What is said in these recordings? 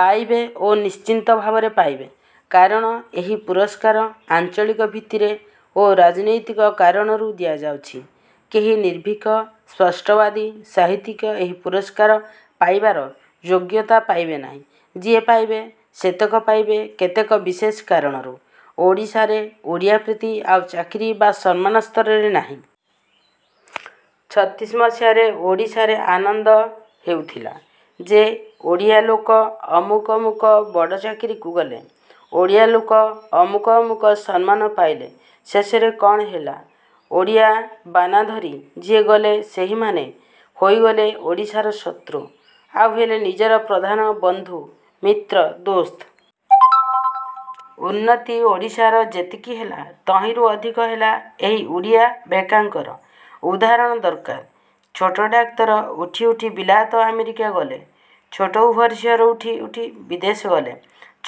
ପାଇବେ ଓ ନିଶ୍ଚିତ ଭାବରେ ପାଇବେ। କାରଣ ଏହି ପୁରସ୍କାର ଆଞ୍ଚଳିକ ଭିତ୍ତିରେ ଓ ରାଜନୈତିକ କାରଣରୁ ଦିଆଯାଉଛି। କେହି ନିର୍ଭୀକ ସ୍ପଷ୍ଟବାଦୀ ସାହିତ୍ୟିକ ଏହି ପୁରସ୍କାର ପାଇବାର ଯୋଗ୍ୟତା ପାଇବେ ନାହିଁ। ଯିଏ ପାଇବେ ସେତକ ପାଇବେ କେତେକ ବିଶେଷ କାରଣରୁ। ଓଡ଼ିଶାରେ ଓଡ଼ିଆ ପ୍ରୀତି ଆଉ ଚାକିରି ବା ସମ୍ମାନ ସ୍ତରରେ ନାହିଁ। ଛତିଶି ମସିହାରେ ଓଡ଼ିଶାରେ ଆନନ୍ଦ ହେଉଥିଲା ଯେ ଓଡ଼ିଆ ଲୋକ ଅମୁକ ମୁକ ବଡ଼ ଚାକିରୀକୁ ଗଲେ। ଓଡ଼ିଆ ଲୋକ ଅମୁକ ଅମୁକ ସମ୍ମାନ ପାଇଲେ। ଶେଷରେ କ'ଣ ହେଲା? ଓଡ଼ିଆ ବାନାଧରି ଯିଏ ଗଲେ ସେହିମାନେ ହେଇଗଲେ ଓଡ଼ିଶାର ଶତ୍ରୁ। ଆଉ ହେଲେ ନିଜର ପ୍ରଧାନ ବନ୍ଧୁ-ମିତ୍ର-ଦୋସ୍ତ। ଉନ୍ନତି ଓଡ଼ିଶାର ଯେତିକି ହେଲା ତହିଁରୁ ଅଧିକ ହେଲା ଏହି ଓଡ଼ିଆ-ଭେକାଙ୍କର। ଉଦାହରଣ ଦରକାର। ଛୋଟ ଡାକ୍ତର ଉଠି ଉଠି ବିଲାତ ଆମେରିକା ଗଲେ। ଛୋଟ ଓଭରସିଅର ଉଠି ଉଠି ବିଦେଶ ଗଲେ।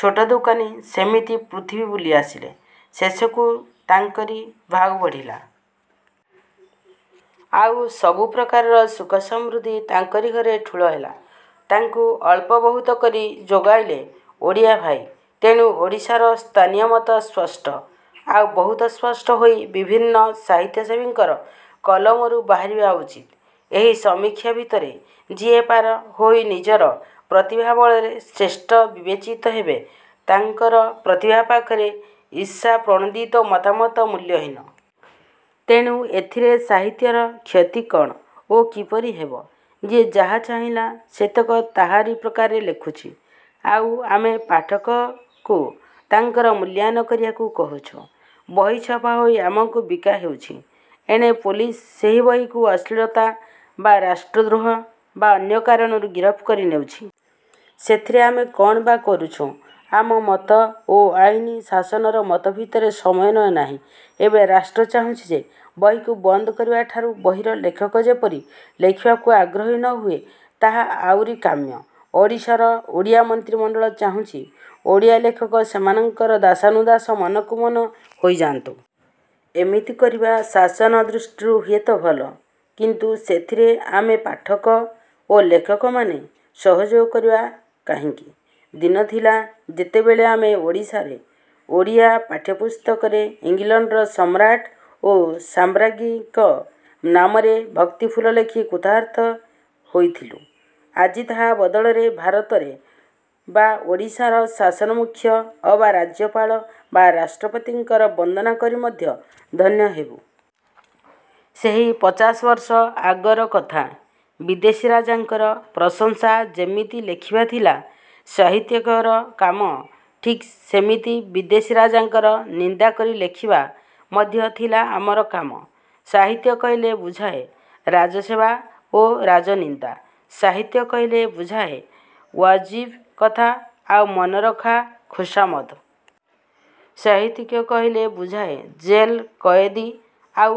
ଛୋଟ ଦୋକାନୀ ସେମିତି ପୃଥିବୀ ବୁଲି ଆସିଲେ। ଶେଷକୁ ତାଙ୍କରି ଭାଉ ବଢ଼ିଲା। ଆଉ ସବୁ ପ୍ରକାରର ସୁଖ ସମୃଦ୍ଧି ତାଙ୍କରି ଘରେ ଠୁଳ ହେଲା-ତାକୁ ଅଳ୍ପ ବହୁତ କରି ଯୋଗାଇଲେ ଓଡ଼ିଆ ଭାଇ। ତେଣୁ ଓଡ଼ିଶାର ସ୍ଥାନୀୟ ମତ ସ୍ପଷ୍ଟ ଆଉ ବହୁତ ସ୍ପଷ୍ଟ ହୋଇ ବିଭିନ୍ନ ସାହିତ୍ୟସେବୀଙ୍କର କଲମରୁ ବାହାରିବା ଉଚିତ୍। ଏହି ସମୀକ୍ଷା ଭିତରେ ଯିଏ ପାର ହୋଇ ନିଜର ପ୍ରତିଭା ବଳରେ ଶ୍ରେଷ୍ଠ ବିବେଚିତ ହେବେ ତାଙ୍କର ପ୍ରତିଭା ପାଖରେ ଈଷାପ୍ରଣୋଦିତ ମତାମତ ମୂଲ୍ୟହୀନ। ତେଣୁ ଏଥିରେ ସାହିତ୍ୟର କ୍ଷତି କ'ଣ ଓ କିପରି ହେବ? ଯିଏ ଯାହା ଚାହିଁଲା ସେତକ ତାହାରି ପ୍ରକାରରେ ଲେଖୁଛି ଆଉ ଆମେ ପାଠକଙ୍କୁ ତାହାର ମୂଲ୍ୟାୟନ କରିବାକୁ କହୁଛି। ବହି ଛାପା ହୋଇ ଆମକୁ ବିକା ହେଉଛି। ଏଣେ ପୁଲିସ ସେହି ବହିକୁ ଅଶ୍ଳୀଳତା ବା ରାଷ୍ଟ୍ରଦ୍ରୋହ ବା ଅନ୍ୟ କାରଣରୁ ଗିରଫ କରି ନେଉଛି। ସେଥିରେ ଆମେ କ'ଣ ବା କରୁଛୁ? ଆମ ମତ ଓ ଆଇନ ଶାସନର ମତ ଭିତରେ ସମନ୍ୱୟ ନାହିଁ। ଏବେ ରାଷ୍ଟ୍ର ଚାହୁଁଛି ଯେ ବହିକୁ ବନ୍ଦ କରିବାଠାରୁ ବହିର ଲେଖକ ଯେପରି ଲେଖିବାକୁ ଆଗ୍ରହୀ ନ ହୁଏ-ତାହା ଆଉରି କାମ୍ୟ। ଓଡ଼ିଶାର ଓଡ଼ିଆ ମନ୍ତ୍ରୀମଣ୍ତଳ ଚାହୁଁଛି ଓଡ଼ିଆ ଲେଖକ ସେମାନଙ୍କର ଦାସାନୁଦାସ ମନକୁ ମନ ହୋଇଯାନ୍ତୁ। ଏମିତି କରିବା ଶାସନ ଦୃଷ୍ଟିରୁ ହୁଏ ତ ଭଲ-। କିନ୍ତୁ ସେଥିରେ ଆମେ ପାଠକ ଓ ଲେଖକମାନେ ସହଯୋଗ କରିବା କାହିଁକି? ଦିନଥିଲା ଯେତେବେଳେ ଆମେ ଓଡ଼ିଶାରେ ଓଡ଼ିଆ ପାଠ୍ୟପୁସ୍ତକରେ ଇଂଲଣ୍ତର ସମ୍ରାଟ୍ ଓ ସାମ୍ରାଜ୍ଞୀଙ୍କ ନାମରେ ଭକ୍ତିଫୁଲ ଲେଖି କୃତାର୍ଥ ହୋଇଥିଲୁ। ଆଜି ତାହା ବଦଳରେ ଭାରତରେ ବା ଓଡ଼ିଶାର ଶାସନ ମୁଖ୍ୟ ଅବା ରାଜ୍ୟପାଳ ବା ରାଷ୍ଟ୍ରପତିଙ୍କର ବନ୍ଦନା କରି ମଧ୍ୟ ଧନ୍ୟ ହେବୁ। ସେହି ପଚାଶବର୍ଷ ଆଗର କଥା। ବିଦେଶୀ ରାଜାଙ୍କର ପ୍ରଶଂସା ଯେମିତି ଲେଖିବା ଥିଲା ସାହିତ୍ୟିକର କାମ, ଠିକ୍ ସେମିତି ବିଦେଶୀ ରାଜାଙ୍କର ନିନ୍ଦା କରି ଲେଖିବା ମଧ୍ୟ ଥିଲା ଆମର କାମ। ସାହିତ୍ୟ କହିଲେ ବୁଝାଏ ରାଜସେବା ଓ ରାଜନିନ୍ଦା। ସାହିତ୍ୟ କହିଲେ ବୁଝାଏ ଉଆଜିବ୍ କଥା ଆଉ ମନରଖା ଖୋସାମଦ୍। ସାହିତ୍ୟିକ କହିଲେ ବୁଝାଏ ଜେଲ କଏଦୀ ଆଉ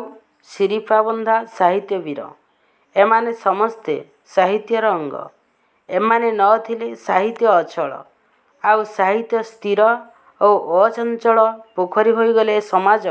ଶିରିପା ବନ୍ଧା ସାହିତ୍ୟ ବୀର। ଏମାନେ ସମସ୍ତେ ସାହିତ୍ୟର ଅଙ୍ଗ। ଏମାନେ ନ ଥିଲେ ସାହିତ୍ୟ ଅଚଳ। ଆଉ ସାହିତ୍ୟ ସ୍ଥିର ଓ ଅଚଞ୍ଚଳ ପୋଖରୀ ହେଇଗଲେ ସମାଜ